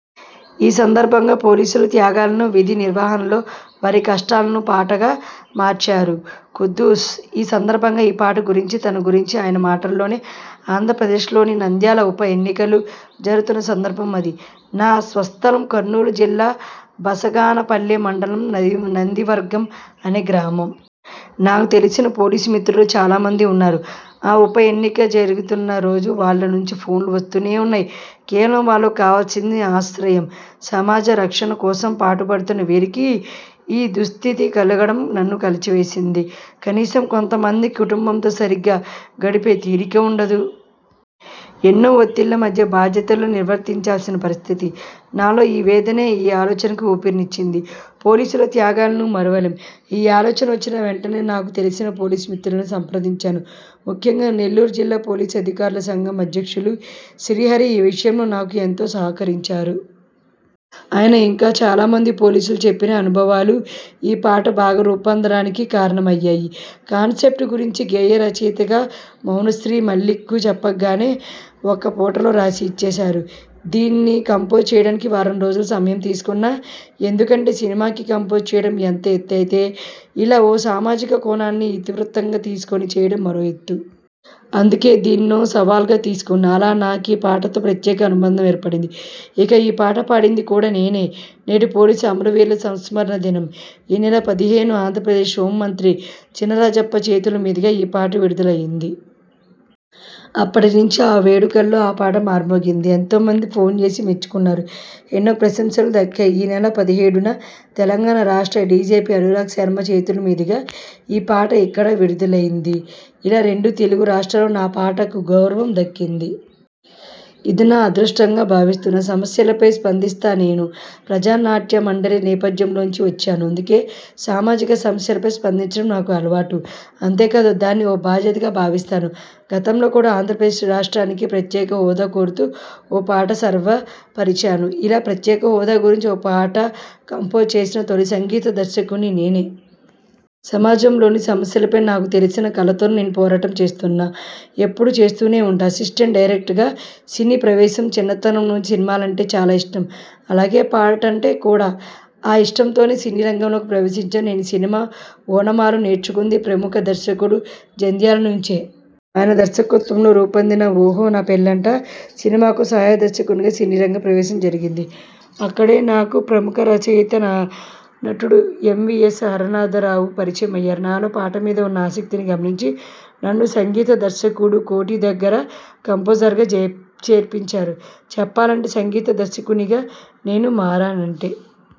ఈ సందర్భంగా పోలీసుల త్యాగాలను, విధి నిర్వహణలో వారి కష్టాలను పాటగా మార్చారు ఖుద్దూస్ ఈ సందర్భంగా ఈ పాట గురించి, తన గురించి ఆయన మాటల్లోనే! ఆంధ్రప్రదేశ్లోని నంద్యాల ఉప ఎన్నికలు జరుగుతున్న సందర్భం అది. నా స్వస్థలం కర్నూలు జిల్లా బనగానపల్లె మండలం నందివర్గం అనే గ్రామం. నాకు తెలిసిన పోలీసు మిత్రులు చాలా మంది ఉన్నారు. ఆ ఉప ఎన్నిక జరుగుతున్న రోజు వాళ్ల నుంచి ఫోన్లు వస్తూనే ఉన్నాయి. కేవలం వాళ్లకు కావాల్సింది ఆశ్రయం. సమాజ రక్షణ కోసం పాటుపడుతున్న వీరికి ఈ దుఃస్థితి కలగడం నన్ను కలచివేసింది. కనీసం కొంత మందికి కుటుంబంతో సరిగ్గా గడిపే తీరికా ఉండదు. ఎన్నో ఒత్తిళ్ల మధ్య బాధ్యతలు నిర్వర్తించాల్సిన పరిస్థితి. నాలో ఈ వేదనే ఈ ఆలోచనకు ఊపిరినిచ్చింది. పోలీసుల త్యాగాలను మరువలేం ఈ ఆలోచన వచ్చిన వెంటనే నాకు తెలిసిన పోలీసు మిత్రులను సంప్రదించాను. ముఖ్యంగా నెల్లూరు జిల్లా పోలీసు అధికారుల సంఘం అధ్యక్షులు శ్రీహరి ఈ విషయంలో నాకు ఎంతో సహకరించారు. ఆయన, ఇంకా చాలా మంది పోలీసులు చెప్పిన అనుభవాలు ఈ పాట బాగా రూపొందడానికి కారణమయ్యాయి. కాన్సెప్ట్ గురించి గేయ రచయిత మౌనశ్రీ మల్లిక్కు చెప్పగానే, ఒక్క పూటలో రాసి ఇచ్చేశారు. దీన్ని కంపోజ్ చేయడానికి వారం రోజుల సమయం తీసుకున్నా. ఎందుకంటే సినిమాకీ కంపోజ్ చేయడం ఒక ఎత్తయితే ఇలా ఓ సామాజిక కోణాన్ని ఇతివృత్తంగా తీసుకుని చేయడం మరో ఎత్తు. అందుకే దీన్నో సవాల్గా తీసుకున్నా. అలా నాకీ పాటతో ప్రత్యేక అనుబంధం ఏర్పడింది. ఇక ఈ పాట పాడింది కూడా నేనే. నేడు పోలీసు అమరవీరుల సంస్మరణ దినం. ఈ నెల పదిహేనున ఆంధ్రప్రదేశ్ హోంమంత్రి చినరాజప్ప చేతుల మీదుగా ఈ పాట విడుదల అయింది. అప్పటి నుంచి ఆ వేడుకల్లో ఈ పాట మార్మోగిపోయింది. ఎంతో మంది ఫోన్ చేసి మెచ్చుకున్నారు. ఎన్నో ప్రశంసలు దక్కాయి. ఈ నెల పదిహేడున తెలంగాణ రాష్ట్ర డీజీపీ అనురాగ్ శర్మ చేతుల మీదుగా ఈ పాట ఇక్కడ విడుదలైంది. అలా రెండు తెలుగు రాష్ట్రాల్లో నా పాటకు గౌరవం దక్కింది. ఇది నా అదృష్టంగా భావిస్తున్నా. సమస్యలపై స్పందిస్తా నేను ప్రజానాట్య మండలి నేపథ్యంలోంచి వచ్చాను. అందుకే సామాజిక సమస్యలపై స్పందించడం నాకు అలవాటు. అంతేకాదు దాన్ని ఓ బాధ్యతగా భావిస్తాను. గతంలో కూడా ఆంధ్రప్రదేశ్ రాష్ట్రానికి ప్రత్యేక హోదా కోరుతూ ఓ పాట స్వరపరిచాను. ఇలా ప్రత్యేక హోదా గురించి ఓ పాట కంపోజ్ చేసిన తొలి సంగీత దర్శకుణ్ణి నేనే. సమాజంలోని సమస్యలపై నాకు తెలిసిన కళతో నేను పోరాటం చేస్తున్నా. ఎప్పుడూ చేస్తూనే ఉంటా. అసిస్టెంట్ డైరెక్టర్గా సినీ ప్రవేశం చిన్నతనం నుంచి సినిమాలంటే చాలా ఇష్టం. అలాగే పాటంటే కూడా! ఆ ఇష్టంతోనే సినీ రంగంలోకి ప్రవేశించాను. నేను సినిమా ఓనమాలు నేర్చుకుంది ప్రముఖ దర్శకుడు జంధ్యాల నుంచే. ఆయన దర్శకత్వంలో రూపొందిన 'ఓహో నా పెళ్లంట' సినిమాకు సహాయ దర్శకునిగా సినీరంగ ప్రవేశం జరిగింది. అక్కడే నాకు ప్రముఖ రచయిత, నటుడు ఎం. వి. ఎస్ హరనాథరావు పరిచయం అయ్యారు. నాలో పాట మీద ఉన్న ఆసక్తిని గమనించి, నన్ను సంగీత దర్శకుడు కోటి దగ్గర కంపోజర్గా చేర్పించారు. చెప్పాలంటే, సంగీత దర్శకునిగా నేను మారానంటే